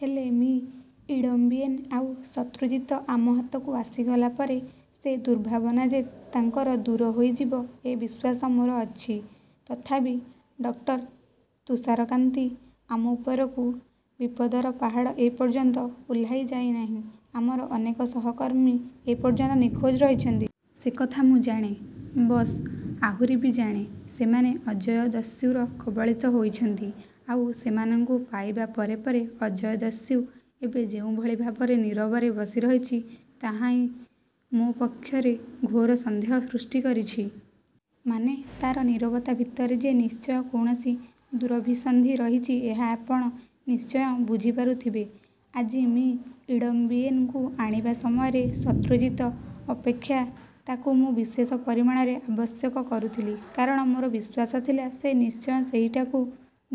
"ହେଲେ, ମି. ଇଡମ୍ବିଏନ୍ ଆଉ ଶତ୍ରୁଜିତ ଆମ ହାତକୁ ଆସିଗଲା ପରେ ସେ ଦୁର୍ଭାବନା ଯେ ତାଙ୍କର ଦୂର ହୋଇଯିବ, ଏ ବିଶ୍ୱାସ ମୋର ଅଛି। ତଥାପି ଡକ୍ଟର ତୁଷାରକାନ୍ତି! ଆମ ଉପରୁ ବିପଦର ପାହାଡ଼ ଏ ପର୍ଯ୍ୟନ୍ତ ଓହ୍ଲାଇ ଯାଇ ନାହିଁ। ଆମର ଅନେକ ସହକର୍ମୀ ଏ ପର୍ଯ୍ୟନ୍ତ ନିଖୋଜ ରହିଛନ୍ତି। ସେ କଥା ମୁଁ ଜାଣେ, ବସ୍। ଆହୁରି ବି ଜାଣେ, ସେମାନେ ଅଜୟ ଦସ୍ୟୁର କବଳିତ ହୋଇଛନ୍ତି। ଆଉ ସେମାନଙ୍କୁ ପାଇବା ପରେ ପରେ ଅଜୟ ଦସ୍ୟୁ ଏବେ ଯେଉଁଭଳି ଭାବରେ ନୀରବରେ ବସିରହିଛି, ତାହା ହିଁ ମୋ ପକ୍ଷରେ ଘୋର ସନ୍ଦେହ ସୃଷ୍ଟି କରିଛି। ମାନେ ତା'ର ନୀରବତା ଭିତରେ ଯେ ନିଶ୍ଚୟ କୌଣସି ଦୁରଭିସନ୍ଧି ରହିଛି, ଏହା ଆପଣ ନିଶ୍ଚୟ ବୁଝିପାରୁଥିବେ। ଆଜି ମି. ଇଡମ୍ବିଏନ୍‌ଙ୍କୁ ଆଣିବା ସମୟରେ ଶତ୍ରୁଜିତ ଅପେକ୍ଷା ତାକୁ ମୁଁ ବିଶେଷ ପରିମାଣରେ ଆବଶ୍ୟକ କରୁଥିଲି। କାରଣ ମୋର ବିଶ୍ୱାସ ଥିଲା, ସେ ନିଶ୍ଚୟ ସେହିଠାକୁ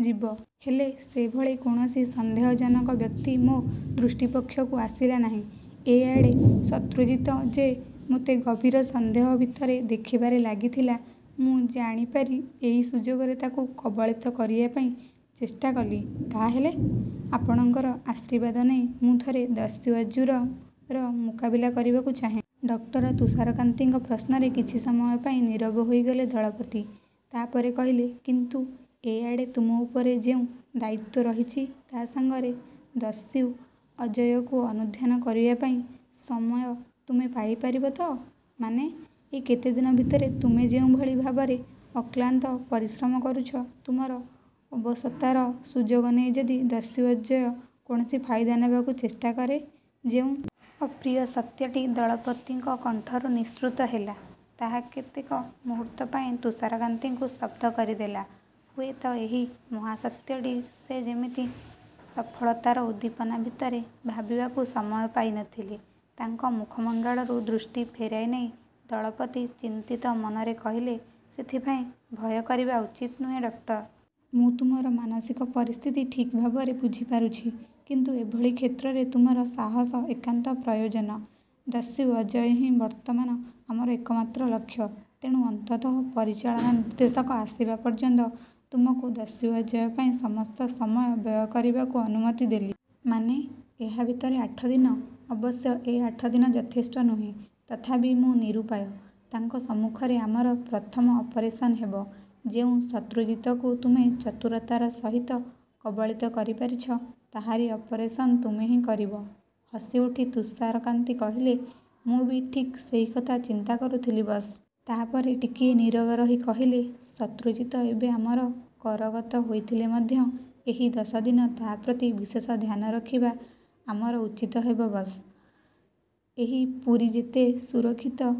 ଯିବ। ହେଲେ, ସେଭଳି କୌଣସି ସନ୍ଦେହଜନକ ବ୍ୟକ୍ତି ମୋ ଦୃଷ୍ଟିପକ୍ଷକୁ ଆସିଲା ନାହିଁ। ଏ ଆଡ଼େ ଶତ୍ରୁଜିତ ଯେ ମୋତେ ଗଭୀର ସନ୍ଦେହ ଭିତରେ ଦେଖିବାରେ ଲାଗିଥିଲା, ମୁଁ ଜାଣିପାରି ଏହି ସୁଯୋଗରେ ତାକୁ କବଳିତ କରିବା ପାଇଁ ଚେଷ୍ଟା କଲି। ତା'ହେଲେ...? ଆପଣଙ୍କର ଆଶୀର୍ବାଦ ନେଇ ମୁଁ ଥରେ ଦସ୍ୟୁ ଅଯ୍ୟୁର ମୁକାବିଲା କରିବାକୁ ଚାହେଁ। ଡକ୍ଟର ତୁଷାରକାନ୍ତିଙ୍କ ପ୍ରଶ୍ନରେ କିଛି ସମୟ ପାଇଁ ନୀରବ ହୋଇଗଲେ ଦଳପତି। ତା'ପରେ କହିଲେ, "କିନ୍ତୁ ଏ ଆଡ଼େ ତୁମ ଉପରେ ଯେଉଁ ଦାୟିତ୍ୱ ରହିଛି, ତା' ସାଙ୍ଗରେ ଦସ୍ୟୁ ଅଜୟକୁ ଅନୁଧ୍ୟାନ କରିବା ପାଇଁ ସମୟ ତୁମେ ପାଇପାରିବ ତ? ମାନେ, ଏଇ କେତେ ଦିନ ଭିତରେ ତୁମେ ଯେଉଁଭଳି ଭାବରେ ଅକ୍ଳାନ୍ତ ପରିଶ୍ରମ କରୁଛ, ତୁମର ଅବଶତାର ସୁଯୋଗ ନେଇ ଯଦି ଦସ୍ୟୁ ଅଜୟ କୌଣସି ଫାଇଦା ନେବାକୁ ଚେଷ୍ଟା କରେ.ଯେଉଁ ଅପ୍ରିୟ ସତ୍ୟଟି ଦଳପତିଙ୍କ କଣ୍ଠରୁ ନିଃସୃତ ହେଲା, ତାହା କେତେକ ମୁହୂର୍ତ୍ତ ପାଇଁ ତୁଷାରକାନ୍ତିଙ୍କୁ ସ୍ତବ୍ଧ କରିଦେଲା। ହୁଏତ ଏହି ମହାସତ୍ୟଟି ସେ ଯେମିତି ସଫଳତାର ଉଦ୍ଦୀପନା ଭିତରେ ଭାବିବାକୁ ସମୟ ପାଇ ନ ଥିଲେ। ତାଙ୍କ ମୁଖମଣ୍ଡଳରୁ ଦୃଷ୍ଟି ଫେରାଇ ନେଇ ଦଳପତି ଚିନ୍ତିତ ମନରେ କହିଲେ, ସେଥିପାଇଁ ଭୟ କରିବା ଉଚିତ ନୁହେଁ, ଡକ୍ଟର। ମୁଁ ତୁମର ମାନସିକ ପରିସ୍ଥିତି ଠିକ୍ ଭାବରେ ବୁଝିପାରୁଛି। କିନ୍ତୁ ଏଭଳି କ୍ଷେତ୍ରରେ ତୁମର ସାହସ ଏକାନ୍ତ ପ୍ରୟୋଜନ। ଦସ୍ୟୁ ଅଜୟ ହିଁ ବର୍ତ୍ତମାନ ଆମର ଏକମାତ୍ର ଲକ୍ଷ୍ୟ। ତେଣୁ ଅନ୍ତତଃ ପରିଚାଳନା ନିର୍ଦ୍ଦେଶକ ଆସିବା ପର୍ଯ୍ୟନ୍ତ ତୁମକୁ ଦସ୍ୟୁ ଅଜୟ ପାଇଁ ସମସ୍ତ ସମୟ ବ୍ୟୟ କରିବାକୁ ଅନୁମତି ଦେଲି। ମାନେ, ଏହା ଭିତରେ ଆଠ ଦିନ। ଅବଶ୍ୟ ଏ ଆଠ ଦିନ ଯଥେଷ୍ଟ ନୁହେଁ, ତଥାପି ମୁଁ ନିରୁପାୟ। ତାଙ୍କ ସମ୍ମୁଖରେ ଆମର ପ୍ରଥମ ଅପରେସନ୍ ହେବ। ଯେଉଁ ଶତ୍ରୁଜିତକୁ ତୁମେ ଚତୁରତାର ସହିତ କବଳିତ କରିପାରିଛ, ତାହାରି ଅପରେସନ୍ ତୁମେ ହିଁ କରିବ। ହସିଉଠି ତୁଷାରକାନ୍ତି କହିଲେ, ମୁଁ ବି ଠିକ୍ ସେହି କଥା ଚିନ୍ତା କରୁଥିଲି, ବସ୍। ତା'ପରେ ଟିକିଏ ନୀରବ ରହି କହିଲେ, ଶତ୍ରୁଜିତ ଏବେ ଆମର କରଗତ ହୋଇଥିଲେ ମଧ୍ୟ ଏହି ଦଶ ଦିନ ତା' ପ୍ରତି ବିଶେଷ ଧ୍ୟାନ ରଖିବା ଆମର ଉଚିତ ହେବ, ବସ୍। ଏହି ପୁରୀ ଯେତେ ସୁରକ୍ଷିତ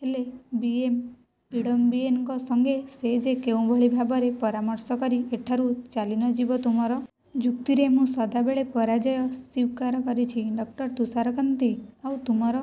ହେଲେ ବି, ମି. ଇଡମ୍ବିଏନ୍‌ଙ୍କ ସଙ୍ଗେ ସେ ଯେ କେଉଁଭଳି ଭାବରେ ପରାମର୍ଶ କରି ଏଠାରୁ ଚାଲି ନ ଯିବ. ତୁମର ଯୁକ୍ତିରେ ମୁଁ ସଦାବେଳେ ପରାଜୟ ସ୍ୱୀକାର କରିଛି, ଡକ୍ଟର ତୁଷାରକାନ୍ତି। ଆଉ ତୁମର.